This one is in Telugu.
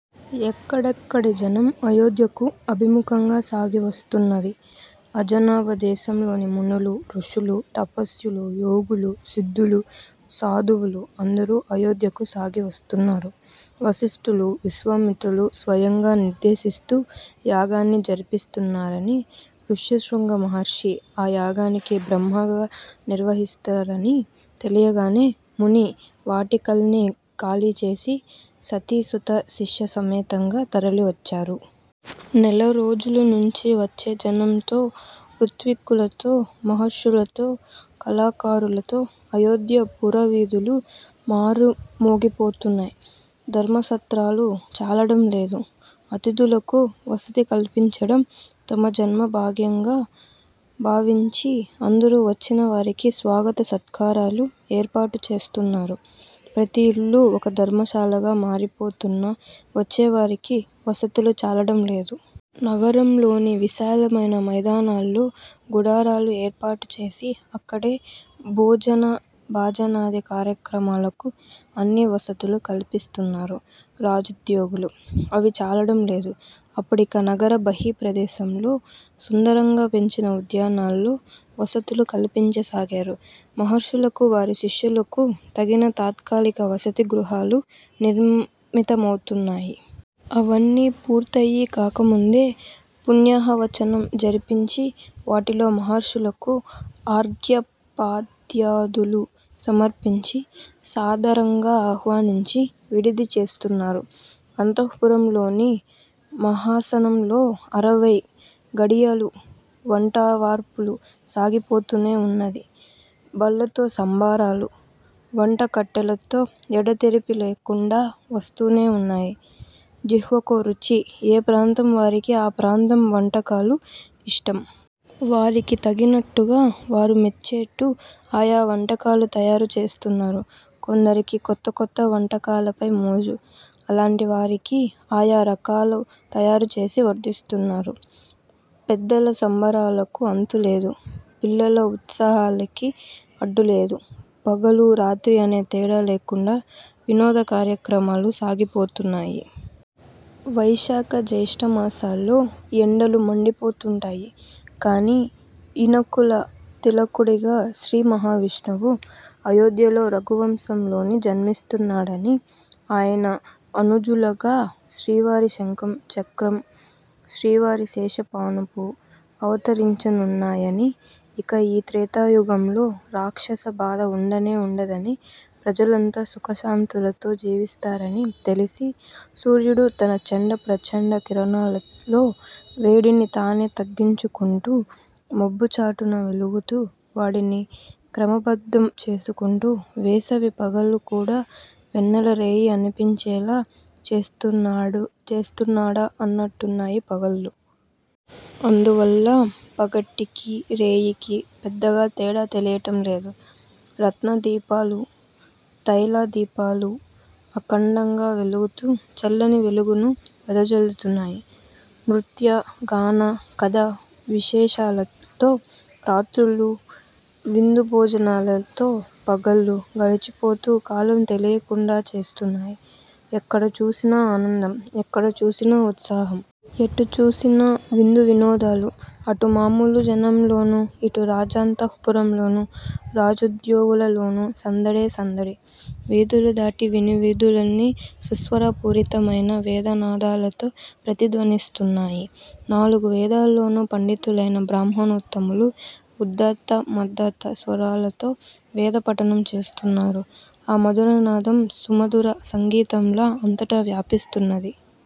ఎక్కడెక్కడి జనం అయోధ్యకు అభిముఖంగా సాగివస్తున్నవి. అజనాభ దేశంలోని మునులు, ఋషులు, తపస్వులూ, యోగులూ, సిద్ధులూ, సాధువులు అందరూ అయోధ్యకు సాగి వస్తున్నారు. వశిష్టులు, విశ్వామిత్రులు, స్వయంగా నిర్దేశిస్తూ యాగాన్ని జరిపిస్తున్నారానీ, ఋష్యశృంగమహర్షి ఆ యాగానికి బ్రహ్మగా నిర్వహిస్తారనీ తెలియగానే ముని వాటికలన్నీ ఖాళీ చేసి సతీ సుత శిష్యసమేతంగా తరలి వచ్చారు. నెలరోజుల నుంచీ వచ్చే జనంతో, ఋత్విక్కులతో, మహర్షులతో, కళాకారులతో అయోధ్య పుర వీధులు మారుమోగిపోతున్నాయి. ధర్మసత్రాలు చాలడం లేదు. అతిథులకు వసతి కల్పించడం తమ జన్మ భాగ్యంగా భావించి అందరూ వచ్చినవారికి స్వాగత సత్కారాలు ఏర్పాటు చేస్తున్నారు. ప్రతి ఇల్లూ ఒక ధర్మశాలగా మారిపోతున్నా వచ్చేవారికి వసతులు చాలడం లేదు. నగరంలోని విశాలమైన మైదానాల్లో గుడారాలు ఏర్పాటుచేసి అక్కడే భోజన భాజనాది కార్యక్రమాలకు అన్ని వసతులూ కల్పిస్తున్నారు రాజోద్యోగులు. అవీ చాలడం లేదు. అప్పుడిక నగర బహి ప్రదేశల్లో సుందరంగా పెంచిన ఉద్యానాల్లో వసతులు కల్పించసాగారు. మహర్షులకూ వారి శిష్యులకు తగిన తాత్కాలిక వసతి గృహాలు నిర్మితమవుతున్నాయి. అవన్నీ పూర్తయి కాకముందే పుణ్యాహవచనం జరిపించి వాటిలో మహర్షులకూ అర్ఘ్యపాద్యాదులూ సమర్పించి సాదరంగా ఆహ్వానించి విడిది చేస్తున్నారు. అంతఃపురంలోని మహాసనంలో అరవై ఘడియలూ వంటావార్పూ సాగిపోతూనే ఉన్నది. బళ్ళతో సంభారాలు. వంట కట్టెలతో ఎడతెరిపి లేకుండా వస్తూనే ఉన్నాయి. జిహ్వకో రుచి. ఏ ప్రాంతం వారికి ఆ ప్రాంతపు వంటకాలు ఇష్టం. వారికి తగినట్టుగా వారు మెచ్చేట్టు ఆయా వంటకాలు తయారు చేస్తున్నారు. కొందరికి కొత్త కొత్త వంటకాలపై మోజు. అలాంటి వారికి ఆయా రకాలు తయారుచేసి వడ్డిస్తున్నారు. పెద్దల సంరంభాలకు అంతు లేదు. పిల్లల ఉత్సాహాలకి అడ్డు లేదు. పగలూ రాత్రీ అనే తేడా లేకుండా వినోద కార్యక్రమాలు సాగిపోతున్నాయి. వైశాఖ జ్యేష్ట మాసాల్లో ఎండలు మండిపోతుంటాయి. కానీ ఇనకుల తిలకుడిగా శ్రీమహావిష్ణువు అయోధ్యలో రఘువంశంలో జన్మించనున్నాడనీ, ఆయన అనుజులుగా శ్రీవారి శంఖం, చక్రం, శ్రీవారి శేషపానుపూ అవతరించనున్నాయనీ, ఇక ఈ త్రేతాయుగంలో రాక్షస బాధ ఉండనే ఉండదనీ, ప్రజలంతా సుఖ శాంతులతో జీవిస్తారనీ తెలిసి సూర్యుడు తన చండ ప్రచండ కిరణాలలో వేడిని తానే తగ్గించుకుంటూ, మబ్బు చాటున వెలుగుతూ వాడిని క్రమబద్ధం చేసుకుంటూ వేసవి పగలు కూడా వెన్నెల రేయి అనిపించేలా చేస్తున్నాడా అన్నట్టున్నాయి పగళ్ళు. అందువల్ల పగటికీ రేయికీ పెద్దగా తేడా తెలియటం లేదు. రత్న దీపాలు, తైల దీపాలూ అఖండంగా వెలుగుతూ చల్లని వెలుగును వెదజల్లుతున్నాయి. నృత్య, గాన, కథా విశేషాలతో రాత్రుళ్ళు, విందు భోజనాలతో పగళ్ళూ, గడిచిపోతూ కాలం తెలీకుండా చేస్తున్నాయి. ఎక్కడ చూసినా ఆనందం. ఎక్కడ చూసినా ఉత్సాహం. ఎటు చూసినా విందు వినోదాలు. అటు మామూలు జనంలోనూ, ఇటు రాజాంతఃపురంలోనూ రాజ్యోద్యోగులలోనూ సందడే సందడి. వీధులు దాటి విను వీధులన్నీ సుస్వర పూరితమై, వేదనాదాలతో ప్రతిధ్వనిస్తున్నాయి. నాలుగు వేదాల్లోనూ పండితులైన బ్రాహ్మణోత్తములు ఉదాత్త మదాత్త స్వరాలతో వేద పఠనం చేస్తున్నారు. ఆ మధుర నాదం సుమధుర సంగీతంలా అంతటా వినిప్పిస్తున్నది.